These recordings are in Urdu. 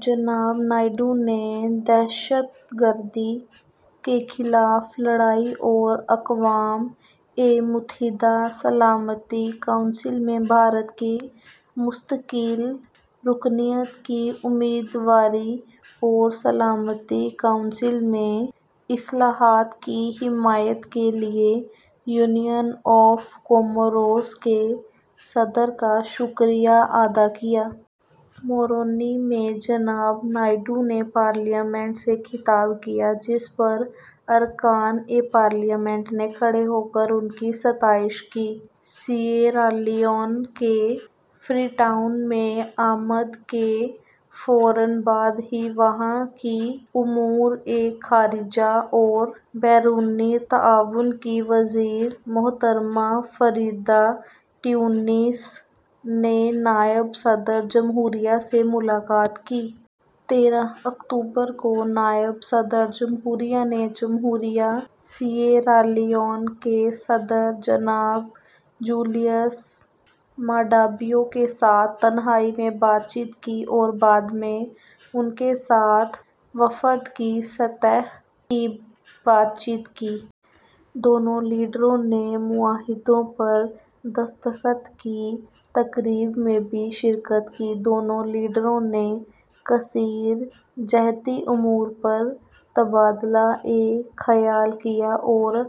جناب نائیڈو نے دہشت گردی کے خلاف لڑائی اور اقوام متحدہ سلامتی کونسل میں بھارت کی مستقل رکنیت کی امیدواری اور سلامتی کونسل میں اصلاحات کی حمایت کے لیے یونین آف کوموروس کے صدر کا شکریہ ادا کیا۔ مورونی میں جناب نائیڈو نے پارلیمنٹ سے خطاب کیا، جس پر ارکان پارلیمنٹ نے کھڑے ہو کر ان کی ستائش کی۔ سیئرالیون کے فری ٹاؤن میں آمد کے فوراً بعد ہی وہاں کی امور خارجہ اور بین الاقوامی تعاون کی وزیر محترمہ فریدا تیونس نے نائب صدر جمہوریہ سے ملاقات کی۔ تیرہ اکتوبر کو نائب صدر جمہوریہ نے جمہوریہ سیئرالیون کے صدر جناب جیولیس مادابیو کے ساتھ تنہائی میں بات چیت کی اور بعد میں ان کے ساتھ وفد کی سطح کی بات چیت کی۔ دونوں لیڈروں نے معاہدوں پر دستخط کی تقریب میں بھی شرکت کی۔ دونوں لیڈروں نے کثیر جہتی امور پر تبادلہ خیال کیا اور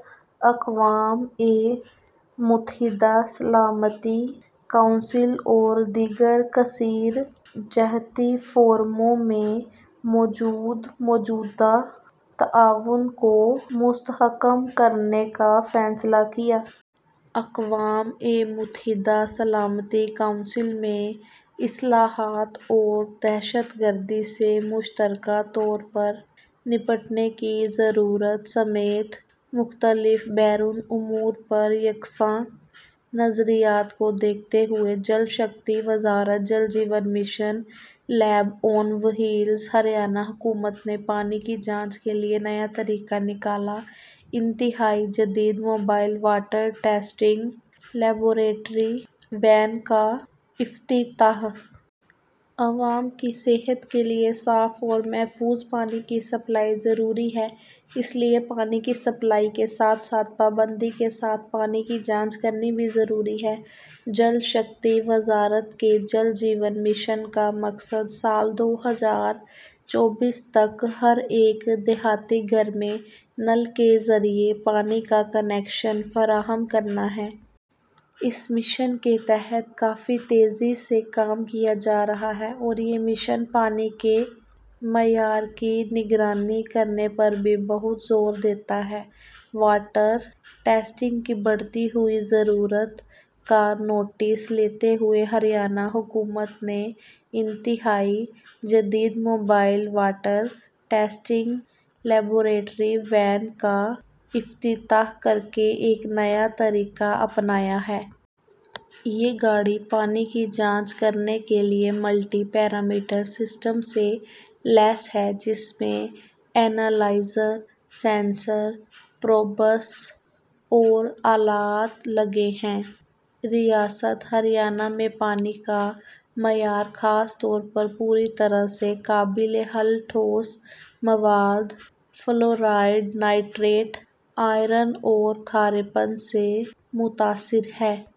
اقوام متحدہ سلامتی کونسل اور دیگر کثیر جہتی فورموں میں موجودہ تعاون کو مستحکم کرنے کا فیصلہ کیا۔ اقوام متحدہ سلامتی کونسل میں اصلاحات اور دہشت گردی سے مشترکہ طور پر نمٹنے کی ضرورت سمیت مختلف بین الاقوامی امور پر یکساں نظریات کو دیکھتے ہوئے۔ جل شکتی وزارت Jal Jeevan mission: lab on wheels Haryana حکومت نے پانی کی جانچ کے لیے نیا طریقہ نکالا: انتہائی جدید mobile water testing laboratory van کا افتتاح۔ عوام کی صحت کے لیے صاف اور محفوظ پانی کی سپلائی ضروری ہے، اس لیے پانی کی سپلائی کے ساتھ ساتھ پابندی کے ساتھ پانی کی جانچ کرنی بھی ضروری ہے۔ جل شکتی وزارت کے جل جیون مشن کا مقصد سال دو ہزار چوبیس تک ہر ایک دیہی گھر میں نل کے ذریعے پانی کا کنکشن فراہم کرنا ہے۔ اس مشن کے تحت کافی تیزی سے کام کیا جا رہا ہے اور یہ مشن پانی کے معیار کی نگرانی کرنے پر بھی بہت زور دیتا ہے۔ واٹر ٹیسٹنگ کی بڑھتی ہوئی ضرورت کا نوٹس لیتے ہوئے ہریانہ حکومت نے انتہائی جدید mobile water testing laboratory van کا افتتاح کرکے ایک نیا طریقہ اپنایا ہے۔ یہ گاڑی پانی کی جانچ کرنے کے لیے ملٹی پیرامیٹر سسٹم سے لیس ہے، جس میں اینالائزر، سینسر، پروبس اور آلات لگے ہیں۔ ریاست ہریانہ میں پانی کا معیار خاص طور پر پوری طرح سے قابل حل ٹھوس مادے، فلورائیڈ، نائٹریٹ، آئرن اور کھارے پن سے متاثر ہے۔